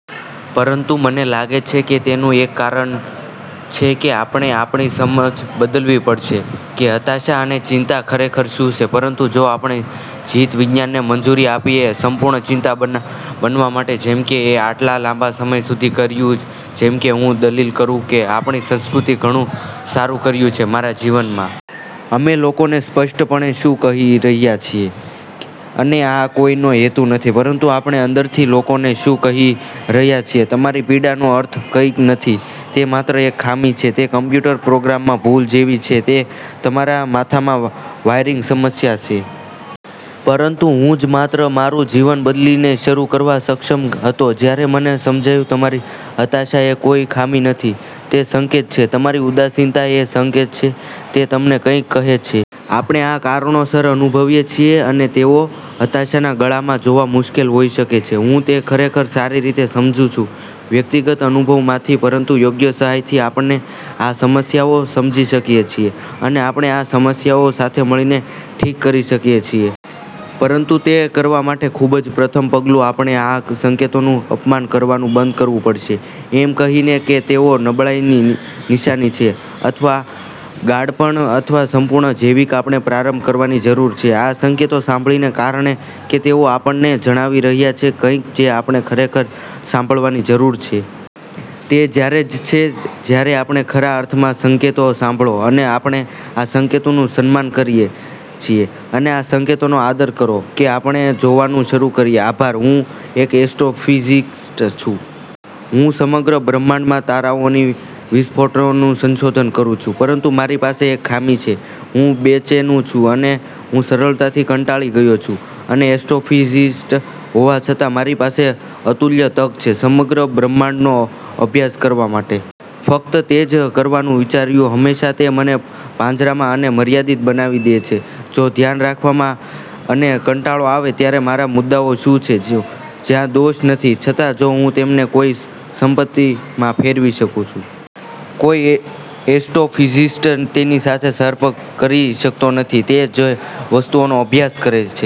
પરંતુ મને લાગે છે કે તેનું એક કારણ છે કે આપણે આપણી સમજણ બદલવી પડશે કે હતાશા અને ચિંતા ખરેખર શું છે. પરંતુ જો આપણે જીવ વિજ્ઞાનને મંજૂરી આપીએ સંપૂર્ણ ચિત્ર બનવા માટે, જેમ કે મેં આટલા લાંબા સમય સુધી કર્યું, જેમ કે હું દલીલ કરું કે આપણી સંસ્કૃતિએ ઘણું સારું કર્યું છે મારા જીવનમાં. અમે લોકોને સ્પષ્ટપણે શું કહી રહ્યા છીએ છે અને આ કોઈનો હેતુ નથી, પરંતુ આપને અંદરથી લોકોને શું કહી રહ્યા છીએ, "તમારી પીડા નો અર્થ કંઈ નથી. તે માત્ર એક ખામી છે. તે કમ્પ્યુટર પ્રોગ્રામમાં ભૂલ જેવી છે, તે તમારા માથામાં વાયરિંગની સમસ્યા છે." પરંતુ હું જ માત્ર મારું જીવન બદલીને શરૂ કરવા સક્ષમ હતો જ્યારે મને સમજાયું તમારી હતાશા એ કોઈ ખામી નથી. તે સંકેત છે. તમારી ઉદાસીનતા એ સંકેત છે. તે તમને કંઈક કહે છે. આપણે આ કારણોસર અનુભવીએ છીએ, અને તેઓ હતાશાના ગળામાં જોવા મુશ્કેલ હોઈ શકે છે. હું તે ખરેખર સારી રીતે સમજું છું વ્યક્તિગત અનુભવ માંથી. પરંતુ યોગ્ય સહાયથી આપણે આ સમસ્યાઓ સમજી શકીએ છીએ અને આપણે આ સમસ્યાઓ સાથે મળીને ઠીક કરી શકીએ છીએ. પરંતુ તે કરવા માટે ખૂબ જ પ્રથમ પગલું આપણે આ સંકેતોનું અપમાન કરવાનું બંધ કરવું પડશે એમ કહીને કે તેઓ નબળાઇની નિશાની છે અથવા ગાંડપણ અથવા સંપૂર્ણ જૈવિક. આપણે પ્રારંભ કરવાની જરૂર છે આ સંકેતો સાંભળીને કારણ કે તેઓ આપણને જણાવી રહ્યાં છે કંઈક જે આપણે ખરેખર સાંભળવાની જરૂર છે. તે ત્યારે જ છે જ્યારે આપણે ખરા અર્થમાં આ સંકેતો સાંભળો, અને આપણે આ સંકેતોનું સન્માન કરીએ છીએ અને આ સંકેતોનો આદર કરો, કે આપણે જોવાનું શરૂ કરીશું. આભાર. હું એક એસ્ટ્રોફિઝિસ્ટ છું. હું સમગ્ર બ્રહ્માંડમાં તારાઓની વિસ્ફોટોનું સંશોધન કરું છું. પરંતુ મારી પાસે એક ખામી છે. હું બેચેન છું, અને હું સરળતાથી કંટાળી ગયો છું. અને એસ્ટ્રોફિઝિસ્ટ હોવા છતાં મારી પાસે અતુલ્ય તક છે સમગ્ર બ્રહ્માંડનો અભ્યાસ કરવા માટે. ફક્ત તે જ કરવાનું વિચાર્યું. હંમેશાં તે મને પાંજરામાં અને મર્યાદિત બનાવી દે છે. જો ધ્યાન રાખવામાં અને કંટાળો આવે ત્યારે મારા મુદ્દાઓ શું છે જ્યાં દોષ નથી, છતાં? જો હું તેમને કોઈ સંપત્તિમાં ફેરવી શકું? કોઈ એસ્ટ્રોફિઝિસ્ટ તેની સાથે સંપર્ક કરી શકતો નથી તે જે વસ્તુઓનો અભ્યાસ કરે છે.